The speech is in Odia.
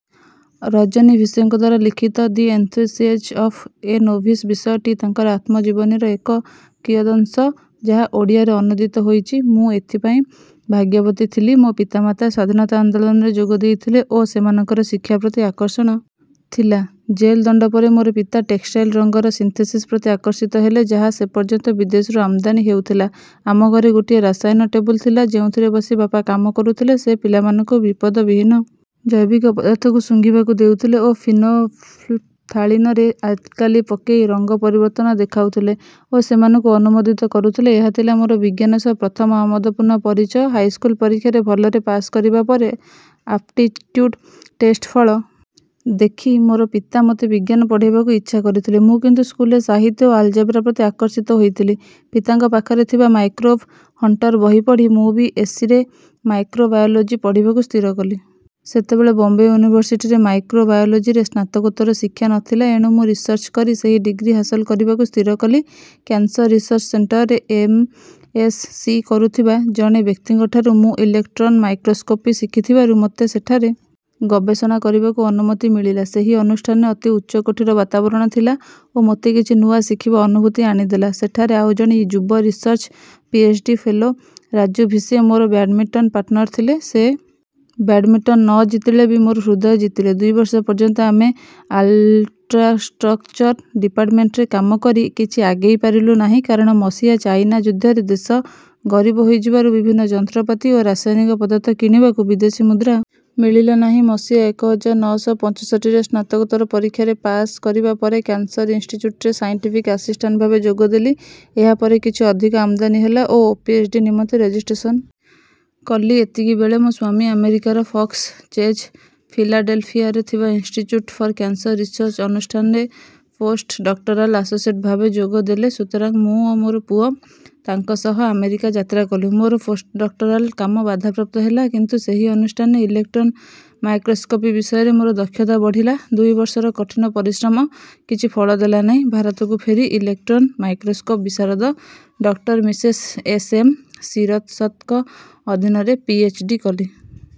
ରଜନୀ ଭିସେଙ୍କଦ୍ୱାରା ଲିଖିତ the enthusiasm of a novice ବିଷୟଟି ତାଙ୍କର ଆତ୍ମଜୀବନୀର ଏକ କିୟଦଂଶ ଯାହା ଓଡ଼ିଆରେ ଅନୁଦିତ ହୋଇଛି ମୁଁ ଏଇଥି ପାଇଁ ଭାଗ୍ୟବତୀ ଥିଲି ମୋ ପିତାମାତା ସ୍ୱାଧୀନତା ଆନ୍ଦୋଳନରେ ଯୋଗ ଦେଇଥିଲେ ଓ ସେମାନଙ୍କର ଶିକ୍ଷା ପ୍ରତି ଆକର୍ଷଣ ଥିଲା ଜେଲ ଦଣ୍ଡ ପରେ ମୋର ପିତା ଟେକ୍ସଟାଇଲ ରଙ୍ଗର ସିନ୍ଥେସିସ ପ୍ରତି ଆକର୍ଷିତ ହେଲେ ଯାହା ସେ ପର୍ଯ୍ୟନ୍ତ ବିଦେଶରୁ ଆମଦାନୀ ହେଉଥିଲା ଆମ ଘରେ ଗୋଟିଏ ରସାୟନ ଟେବୁଲ ଥିଲା ଯେଉଁଥିରେ ବସି ବାପା କାମ କରୁଥିଲେ ସେ ପିଲାମାନଙ୍କୁ ବିପଦ ବିହୀନ ଜୈବିକ ପଦାର୍ଥକୁ ଶୁଙ୍ଘିବାକୁ ଦେଉଥିଲେ ଓ ପିନୋଲଫଥାଳୀନରେ ଆଲକାଲି ପକେଇ ରଙ୍ଗ ପରିବର୍ତ୍ତନ ଦେଖାଉଥିଲେ ଓ ସେମାନଙ୍କୁ ଆନୁମୋଦିତ କରୁଥିଲେ ଏହା ଥିଲା ମୋର ବିଜ୍ଞାନ ସହ ପ୍ରଥମ ଆମୋଦପୂର୍ଣ୍ଣ ପରିଚୟ ହାଇ ସ୍କୁଲ ପରୀକ୍ଷାରେ ଭଲରେ ପାସ କରିବା ପରେ ଆପଟିଚ୍ୟୁଡ ଟେଷ୍ଟ ଫଳ ଦେଖି ମୋର ପିତା ମୋତେ ବିଜ୍ଞାନ ପଢେଇବାକୁ ଇଚ୍ଛା କରିଥିଲେ ମୁଁ କିନ୍ତୁ ସ୍କୁଲରେ ସାହିତ୍ୟ ଓ ଆଲଜେବ୍ରା ପ୍ରତି ଆକର୍ଷିତ ହୋଇଥିଲି ପିତାଙ୍କ ପାଖରେ ଥିବା ମାଇକ୍ରୋବ ହଣ୍ଟର ବହି ପଢି ମୁଁ ବି ଏସ ସି ରେ ମାଇକ୍ରୋବାୟୋଲୋଜି ପଢିବାକୁ ସ୍ଥିର କଲି ସେତେବେଳେ ବମ୍ବେ ୟୁନିଭରସିଟିରେ ମାଇକ୍ରୋବାୟୋଲୋଜୀରେ ସ୍ନାତକୋତ୍ତର ଶିକ୍ଷା ନ ଥିଲା ଏଣୁ ମୁଁ ରିସର୍ଚ୍ଚ କରି ସେହି ଡିଗ୍ରୀ ହାସଲ କରିବାକୁ ସ୍ଥିର କଲି କ୍ୟାନସର ରିସର୍ଚ୍ଚ ସେଣ୍ଟରରେ ଏମ ଏସ ସି କରୁଥିବା ଜଣେ ବ୍ୟକ୍ତିଙ୍କଠାରୁ ମୁଁ ଇଲେକଟ୍ରନ ମାଇକ୍ରୋସ୍କୋପି ଶିଖିଥିବାରୁ ମୋତେ ସେଠାରେ ଗବେଷଣା କରିବାକୁ ଅନୁମତି ମିଳିଲା ସେହି ଅନୁଷ୍ଠାନରେ ଅତି ଉଚ୍ଚକୋଟୀର ବାତାବରଣ ଥିଲା ଓ ମୋତେ କିଛି ନୂଆ ଶିଖିବା ଅନୁଭୂତି ଆଣିଦେଲା ସେଠାରେ ଆଉ ଜଣେ ଯୁବ research P H D fellow Raju Bhise ମୋର ବ୍ୟାଡମିଣ୍ଟନ ପାର୍ଟନର ଥିଲେ ସେ ବ୍ୟାଡମିଣ୍ଟନ ନ ଜିତିଳେବି ମୋର ହୃଦୟ ଜିତିଲେ ଦୁଇ ବର୍ଷ ପର୍ଯ୍ୟନ୍ତ ଆମେ ଆଲ୍ଟ୍ରାଷ୍ଟ୍ରକଚର ଡିପାର୍ଟମେଣ୍ଟରେ କାମ କରି କିଛି ଆଗେଇ ପାରିଲୁ ନାହିଁ କାରଣ ମସିହା ଚାଇନା ଯୁଦ୍ଧରେ ଦେଶ ଗରିବ ହୋଇଯିବାରୁ ବିଭିନ୍ନ ଯନ୍ତ୍ରପାତି ଓ ରାସାୟନିକ ପଦାର୍ଥ କିଣିବାକୁ ବିଦେଶୀ ମୁଦ୍ରା ମିଳିଲା ନାହିଁ ମସିହା ଏକ ହଜାର ନଅ ଶହ ପଞ୍ଚଷଠି ରେ ସ୍ନାତକୋତ୍ତର ପରୀକ୍ଷାରେ ପାସ କରିବା ପରେ କ୍ୟାନସର ଇନଷ୍ଟିଚ୍ୟୁଟରେ ସାଇଣ୍ଟିଫିକ ଆସିଷ୍ଟାଣ୍ଟ ଭାବେ ଯୋଗ ଦେଲି ଏହା ପରେ କିଛି ଅଧିକ ଆମଦାନୀ ହେଲା ଓ ପି ଏଚ ଡି ନିମନ୍ତେ ରେଜିଷ୍ଟ୍ରେଶନ କଲି ଏତିକି ବେଳେ ମୋ ସ୍ୱାମୀ ଆମେରିକାର ଫକ୍ସ ଚେଜ ଫିଲାଡେଲଫିଆରେ ଥିବା ଇନଷ୍ଟିଚ୍ୟୁଟ ଫର କ୍ୟାନସର ରିସର୍ଚ୍ଚ ଅନୁଷ୍ଠାନରେ ପୋସ୍ଟଡକ୍ଟରାଲ ଆସୋସିଏଟ ଭାବେ ଯୋଗ ଦେଲେ ସୁତରାଂ ମୁଁ ଓ ମୋର ପୁଅ ତାଙ୍କ ସହ ଆମେରିକା ଯାତ୍ରା କଲୁ ମୋର ପୋସ୍ଟଡକ୍ଟରାଲ କାମ ବାଧା ପ୍ରାପ୍ତ ହେଲା କିନ୍ତୁ ସେହି ଅନୁଷ୍ଠାନରେ ଇଲେକଟ୍ରନ ମାଇକ୍ରୋସ୍କୋପି ବିଷୟରେ ମୋର ଦକ୍ଷତା ବଢିଲା ଦୁଇ ବର୍ଷର କଠିନ ପରିଶ୍ରମ କିଛି ଫଳ ଦେଲା ନାହିଁ ଭାରତକୁ ଫେରି ଇଲେକଟ୍ରନ ମାଇକ୍ରୋସ୍କୋପ ବିଶାରଦ ଡଃ ମିସେସ ଏସ ଏମ ଶିରସତଙ୍କ ଅଧୀନରେ ପି ଏଚ ଡି କଲି।